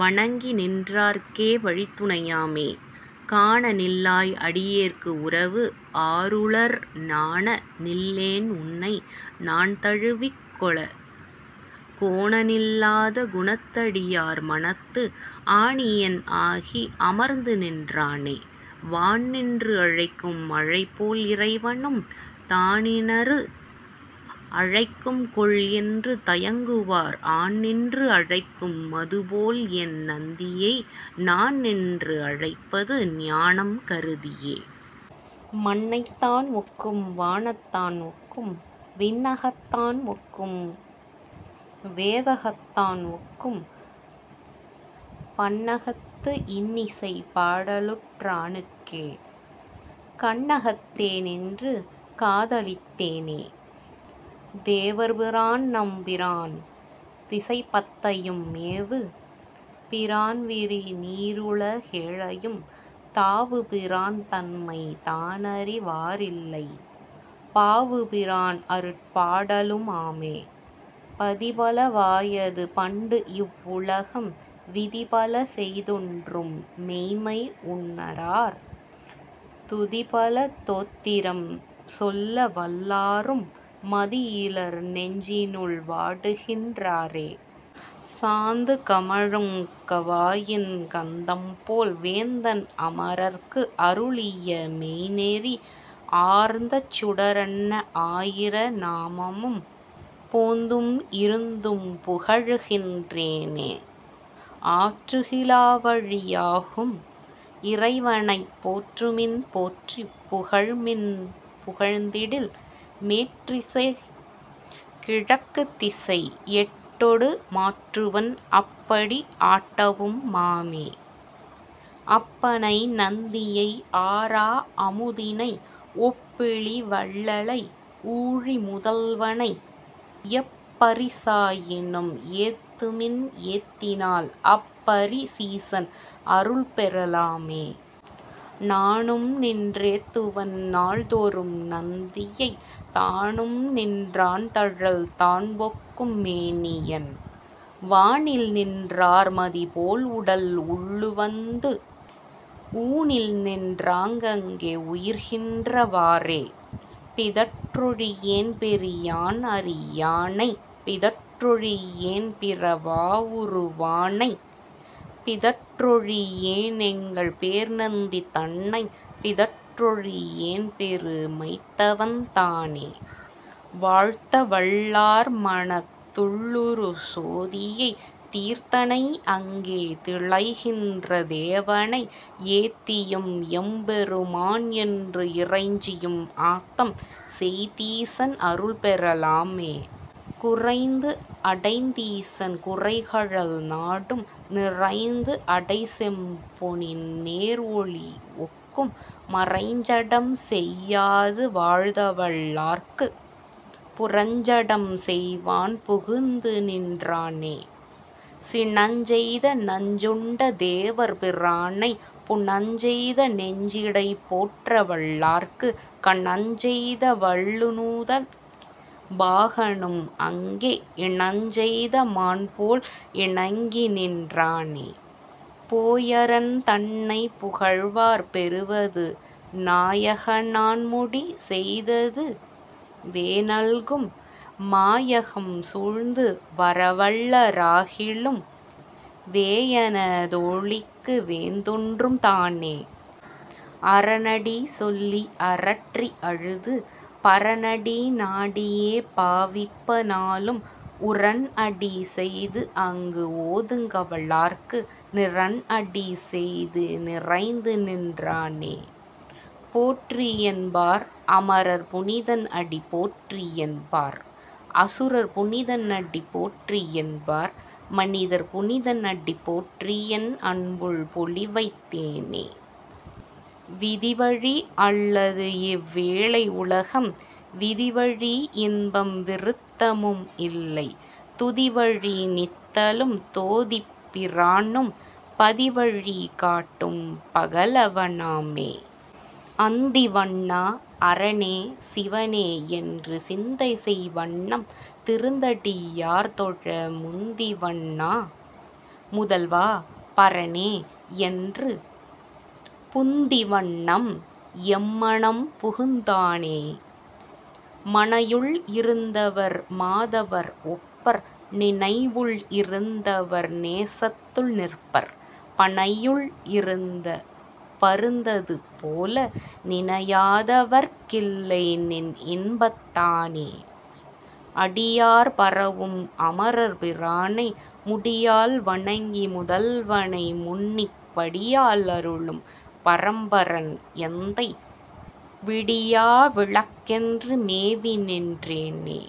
வணங்கிநின் றார்க்கே வழித்துணை யாமே. காணநில் லாய்அடி யேற்குஉறவுஆருளர் நாணநில் லேன்உன்னை நான்தழு விக்கொளக் கோணநில் லாத குணத்தடி யார்மனத்து ஆணியன் ஆகி அமர்ந்துநின் றானே. வான்நின்று அழைக்கும் மழைபோல் இறைவனும் தானினறு அழைக்கும்கொல் என்று தயங்குவார் ஆன்நின்று அழைக்கு மதுபோல்என் நந்தியை நான்நின்று அழைப்பது ஞானம் கருதியே. மண்ணகத் தான்ஒக்கும் வானகத் தான்ஒக்கும் விண்ணகத் தான்ஒக்கும் வேதகத் தான்ஒக்கும் பண்ணகத்து இன்னிசை பாடலுற் றானுக்கே கண்ணகத் தேநின்று காதலித் தேனே. தேவர் பிரான்நம் பிரான்திசை பத்தையும் மேவு பிரான்விரி நீருலகேழையும் தாவு பிரான்தன்மை தானறி வாரில்லை பாவு பிரான்அருட் பாடலு மாமே. பதிபல வாயது பண்டுஇவ் வுலகம் விதிபல செய்தொன்றும் மெய்ம்மை உணரார் துதிபல தோத்திரம் சொல்ல வல்லாரும் மதியிலர் நெஞ்சினுள் வாடுகின் றாரே. சாந்து கமழுங் கவாயின் கந்தம்போல் வேந்தன் அமரர்க்கு அருளிய மெய்ந்நெறி ஆர்ந்த சுடரன்ன ஆயிர நாமமும் போந்தும் இருந்தும் புகழுகின் றேனே. ஆற்றுகி லாவழி யாகும் இறைவனைப் போற்றுமின் போற்றிப் புகழ்மின் புகழ்ந்திடில் மேற்றிசைக் கும்கிழக் குத்திசை எட்டொடு மாற்றுவன் அப்படி ஆட்டவு மாமே. அப்பனை நந்தியை ஆரா அமுதினை ஒப்பிலி வள்ளலை ஊழி முதல்வனை எப்பரி சாயினும் ஏத்துமின் ஏத்தினால் அப்பரி சீசன் அருள்பெற லாமே. நானும்நின் றேத்துவன் நாள்தொறும் நந்தியைத் தானும்நின் றான்தழல் தான்ஒக்கும் மேனியன் வானில்நின் றார்மதி போல்உடல் உள்ளுவந்து ஊனில்நின் றாங்கே உயிர்க்கின்ற வாறே. பிதற்றொழி யேன்பெரி யான்அரி யானைப் பிதற்றொழி யேன்பிற வாஉரு வானைப் பிதற்றொழி யேன்எங்கள் பேர்நந்தி தன்னைப் பிதற்றொழி யேன்பெரு மைத்தவன் தானே. வாழ்த்தவல் லார்மனத் துள்ளுறு சோதியைத் தீர்த்தனை அங்கே திளைக்கின்ற தேவனை ஏத்தியும் எம்பெரு மான்என்றுஇறைஞ்சியும் ஆத்தம் செய் தீசன் அருள்பெற லாமே. குறைந்துஅடைந் தீசன் குரைகழல் நாடும் நிறைந்துஅடை செம்பொனின் நேர்ஒளி ஒக்கும் மறைஞ்சடம் செய்யாது வாழ்த்தவல் லார்க்குப் புறஞ்சடம் செய்வான் புகுந்துநின் றானே. சினஞ்செய்த நஞ்சுண்ட தேவர் பிரானைப் புனஞ்செய்த நெஞ்சிடை போற்றவல் லார்க்குக் கனஞ்செய்த வாள்நுதல் பாகனும் அங்கே இனஞ்செய்த மான்போல் இணங்கிநின் றானே. போய்அரன் தன்னைப் புகழ்வார் பெறுவது நாயக னான்முடி செய்தது வேநல்கும் மாயகம் சூழ்ந்து வரவல்ல ராகிலும் வேயன தோளிக்கு வேந்தொன்றும் தானே. அரனடி சொல்லி அரற்றி அழுது பரனடி நாடியே பாவிப்ப நாளும் உரன்அடி செய்துஅங்கு ஓதுங்கவல் லார்க்கு நிரன்அடி செய்து நிறைந்துநின் றானே. போற்றிஎன் பார்அம ரர்புனி தன்அடி போற்றிஎன் பார்அசு ரர்புனி தன்அடி போற்றிஎன் பார்மனி தர்புனி தன்அடி போற்றிஎன் அன்புள் பொலியவைத் தேனே. விதிவழி அல்லதுஇவ் வேலை உலகம் விதிவழி இன்பம் விருத்தமும் இல்லை துதிவழி நித்தலும் சோதிப் பிரானும் பதிவழி காட்டும் பகலவ னாமே. அந்திவண் ணாஅர னேசிவ னேஎன்று சிந்தைசெய் வண்ணம் திருந்தடி யார்தொழ முந்திவண் ணாமுதல் வாபர னேஎன்று புந்தி வண்ணன்எம் மனம்புகுந் தானே. மனையுள் இருந்தவர் மாதவர் ஒப்பர் நினைவுள் இருந்தவர் நேசத்துள் நிற்பர் பனையுள் இருந்த பருந்தது போல நினையாத வர்க்கில்லை நின்இன்பந் தானே. அடியார் பரவும் அமரர் பிரானை முடியால் வணங்கி முதல்வனை முன்னிப் படியால் அருளும் பரம்பரன் எந்தை விடியா விளக்கென்று மேவிநின் றேனே.